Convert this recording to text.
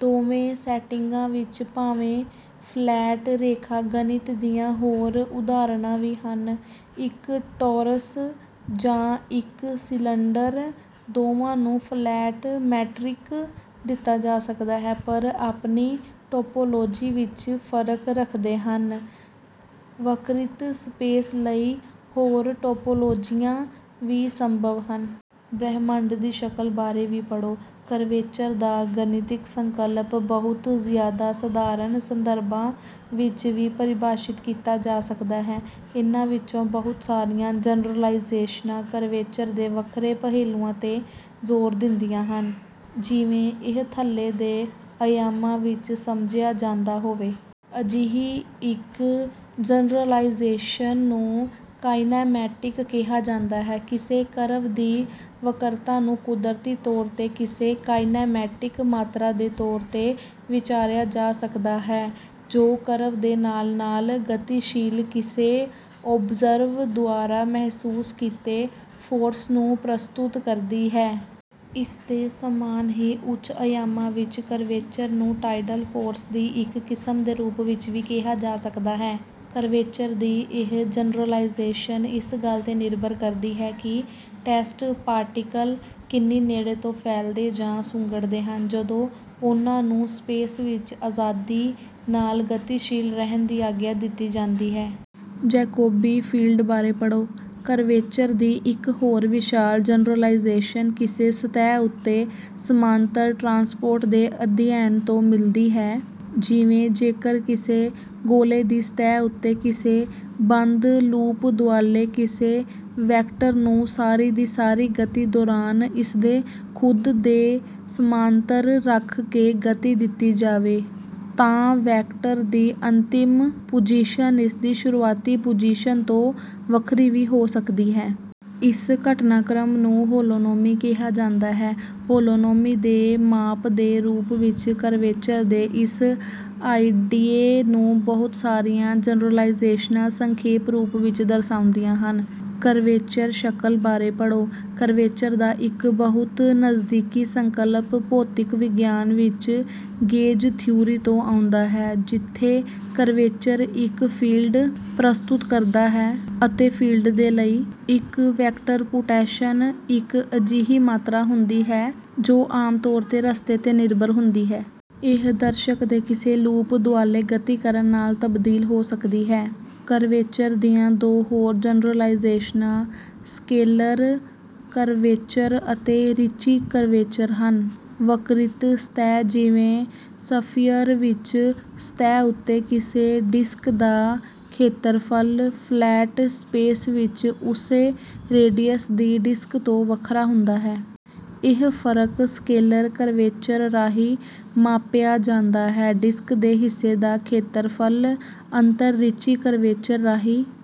ਦੋਵੇਂ ਸੈਟਿੰਗਾਂ ਵਿੱਚ ਭਾਵੇਂ ਫਲੈਟ ਰੇਖਾ-ਗਣਿਤ ਦੀਆਂ ਹੋਰ ਉਦਾਹਰਨਾਂ ਵੀ ਹਨ। ਇੱਕ ਟੌਰਸ ਜਾਂ ਇੱਕ ਸਿਲੰਡਰ ਦੋਵਾਂ ਨੂੰ ਫਲੈਟ ਮੈਟ੍ਰਿਕ ਦਿੱਤਾ ਜਾ ਸਕਦਾ ਹੈ, ਪਰ ਆਪਣੀ ਟੌਪੌਲੌਜੀ ਵਿੱਚ ਫਰਕ ਰੱਖਦੇ ਹਨ। ਵਕਰਿਤ ਸਪੇਸ ਲਈ ਹੋਰ ਟੌਪੌਲੌਜੀਆਂ ਵੀ ਸੰਭਵ ਹਨ। ਬ੍ਰਹਿਮੰਡ ਦੀ ਸ਼ਕਲ ਬਾਰੇ ਵੀ ਪੜ੍ਹੋ। ਕਰਵੇਚਰ ਦਾ ਗਣਿਤਿਕ ਸੰਕਲਪ ਬਹੁਤ ਜ਼ਿਆਦਾ ਸਧਾਰਨ ਸੰਦਰਭਾਂ ਵਿੱਚ ਵੀ ਪਰਿਭਾਸ਼ਿਤ ਕੀਤਾ ਜਾ ਸਕਦਾ ਹੈ। ਇਨ੍ਹਾਂ ਵਿੱਚੋਂ ਬਹੁਤ ਸਾਰੀਆਂ ਜਨਰਲਾਈਜ਼ੇਸ਼ਨਾਂ ਕਰਵੇਚਰ ਦੇ ਵੱਖਰੇ ਪਹਿਲੂਆਂ 'ਤੇ ਜ਼ੋਰ ਦਿੰਦੀਆਂ ਹਨ ਜਿਵੇਂ ਇਹ ਥੱਲੇ ਦੇ ਅਯਾਮਾਂ ਵਿੱਚ ਸਮਝਿਆ ਜਾਂਦਾ ਹੋਵੇ। ਅਜਿਹੀ ਇੱਕ ਜਨਰਲਾਈਜ਼ੇਸ਼ਨ ਨੂੰ ਕਾਇਨੈਮੈਟਿਕ ਕਿਹਾ ਜਾਂਦਾ ਹੈ। ਕਿਸੇ ਕਰਵ ਦੀ ਵਕਰਤਾ ਨੂੰ ਕੁਦਰਤੀ ਤੌਰ 'ਤੇ ਕਿਸੇ ਕਾਇਨੈਮੈਟਿਕ ਮਾਤਰਾ ਦੇ ਤੌਰ 'ਤੇ ਵਿਚਾਰਿਆ ਜਾ ਸਕਦਾ ਹੈ, ਜੋ ਕਰਵ ਦੇ ਨਾਲ-ਨਾਲ ਗਤੀਸ਼ੀਲ ਕਿਸੇ ਔਬਜ਼ਰਵਰ ਦੁਆਰਾ ਮਹਿਸੂਸ ਕੀਤੇ ਫੋਰਸ ਨੂੰ ਪ੍ਰਸਤੁਤ ਕਰਦੀ ਹੈ। ਇਸਦੇ ਸਮਾਨ ਹੀ, ਉੱਚ-ਅਯਾਮਾਂ ਵਿੱਚ ਕਰਵੇਚਰ ਨੂੰ ਟਾਈਡਲ ਫੋਰਸ ਦੀ ਇੱਕ ਕਿਸਮ ਦੇ ਰੂਪ ਵਿੱਚ ਵੀ ਕਿਹਾ ਜਾ ਸਕਦਾ ਹੈ। ਕਰਵੇਚਰ ਦੀ ਇਹ ਜਨਰਲਾਈਜ਼ੇਸ਼ਨ ਇਸ ਗੱਲ 'ਤੇ ਨਿਰਭਰ ਕਰਦੀ ਹੈ ਕਿ ਟੈਸਟ ਪਾਰਟੀਕਲ ਕਿੰਨੀ ਨੇੜੇ ਤੋਂ ਫੈਲਦੇ ਜਾਂ ਸੁੰਗੜਦੇ ਹਨ ਜਦੋਂ ਉਨ੍ਹਾਂ ਨੂੰ ਸਪੇਸ ਵਿੱਚ ਅਜ਼ਾਦੀ ਨਾਲ ਗਤੀਸ਼ੀਲ ਰਹਿਣ ਦੀ ਆਗਿਆ ਦਿੱਤੀ ਜਾਂਦੀ ਹੈ। ਜੈਕੋਬੀ ਫੀਲਡ ਬਾਰੇ ਪੜ੍ਹੋ। ਕਰਵੇਚਰ ਦੀ ਇੱਕ ਹੋਰ ਵਿਸ਼ਾਲ ਜਨਰਲਾਈਜ਼ੇਸ਼ਨ ਕਿਸੇ ਸਤਹਿ ਉੱਤੇ ਸਮਾਂਤਰ ਟਰਾਂਸਪੋਰਟ ਦੇ ਅਧਿਐਨ ਤੋਂ ਮਿਲਦੀ ਹੈ। ਜਿਵੇਂ, ਜੇਕਰ ਕਿਸੇ ਗੋਲੇ ਦੀ ਸਤਹਿ ਉੱਤੇ ਕਿਸੇ ਬੰਦ ਲੂਪ ਦੁਆਲੇ ਕਿਸੇ ਵੈਕਟਰ ਨੂੰ ਸਾਰੀ ਦੀ ਸਾਰੀ ਗਤੀ ਦੌਰਾਨ ਇਸਦੇ ਖੁਦ ਦੇ ਸਮਾਂਤਰ ਰੱਖ ਕੇ ਗਤੀ ਦਿੱਤੀ ਜਾਵੇ, ਤਾਂ ਵੈਕਟਰ ਦੀ ਅੰਤਿਮ ਪੁਜੀਸ਼ਨ ਇਸਦੀ ਸ਼ੁਰੂਆਤੀ ਪੁਜੀਸ਼ਨ ਤੋਂ ਵੱਖਰੀ ਵੀ ਹੋ ਸਕਦੀ ਹੈ। ਇਸ ਘਟਨਾਕ੍ਰਮ ਨੂੰ ਹੋਲੋਨੋਮੀ ਕਿਹਾ ਜਾਂਦਾ ਹੈ। ਹੋਲੋਨੋਮੀ ਦੇ ਮਾਪ ਦੇ ਰੂਪ ਵਿੱਚ ਕਰਵੇਚਰ ਦੇ ਇਸ ਆਈਡੀਏ ਨੂੰ ਬਹੁਤ ਸਾਰੀਆਂ ਜਨਰਲਾਈਜ਼ੇਸ਼ਨਾਂ ਸੰਖੇਪ ਰੂਪ ਵਿੱਚ ਦਰਸਾਉਂਦੀਆਂ ਹਨ। ਕਰਵੇਚਰ ਸ਼ਕਲ ਬਾਰੇ ਪੜ੍ਹੋ। ਕਰਵੇਚਰ ਦਾ ਇੱਕ ਬਹੁਤ ਨਜ਼ਦੀਕੀ ਸੰਕਲਪ ਭੌਤਿਕ ਵਿਗਿਆਨ ਵਿੱਚ ਗੇਜ ਥਿਊਰੀ ਤੋਂ ਆਉਂਦਾ ਹੈ, ਜਿੱਥੇ ਕਰਵੇਚਰ ਇੱਕ ਫੀਲਡ ਪ੍ਰਸਤੁਤ ਕਰਦਾ ਹੈ ਅਤੇ ਫੀਲਡ ਦੇ ਲਈ ਇੱਕ ਵੈਕਟਰ ਪੁਟੈਂਸ਼ਲ ਇੱਕ ਅਜਿਹੀ ਮਾਤਰਾ ਹੁੰਦੀ ਹੈ ਜੋ ਆਮ ਤੌਰ 'ਤੇ ਰਸਤੇ 'ਤੇ ਨਿਰਭਰ ਹੁੰਦੀ ਹੈ। ਇਹ ਦਰਸ਼ਕ ਦੇ ਕਿਸੇ ਲੂਪ ਦੁਆਲੇ ਗਤੀ ਕਰਨ ਨਾਲ ਤਬਦੀਲ ਹੋ ਸਕਦੀ ਹੈ। ਕਰਵੇਚਰ ਦੀਆਂ ਦੋ ਹੋਰ ਜਨਰਲਾਈਜ਼ੇਸ਼ਨਾਂ ਸਕੇਲਰ ਕਰਵੇਚਰ ਅਤੇ ਰਿੱਚੀ ਕਰਵੇਚਰ ਹਨ। ਵਕਰਿਤ ਸਤਹਿ ਜਿਵੇਂ ਸਫੀਅਰ ਵਿੱਚ, ਸਤਹਿ ਉੱਤੇ ਕਿਸੇ ਡਿਸਕ ਦਾ ਖੇਤਰਫਲ, ਫਲੈਟ ਸਪੇਸ ਵਿੱਚ ਉਸੇ ਰੇਡੀਅਸ ਦੀ ਡਿਸਕ ਤੋਂ ਵੱਖਰਾ ਹੁੰਦਾ ਹੈ। ਇਹ ਫਰਕ ਸਕੇਲਰ ਕਰਵੇਚਰ ਰਾਹੀਂ ਮਾਪਿਆ ਜਾਂਦਾ ਹੈ। ਡਿਸਕ ਦੇ ਹਿੱਸੇ ਦਾ ਖੇਤਰਫਲ ਅੰਤਰ ਰਿੱਚੀ ਕਰਵੇਚਰ ਰਾਹੀਂ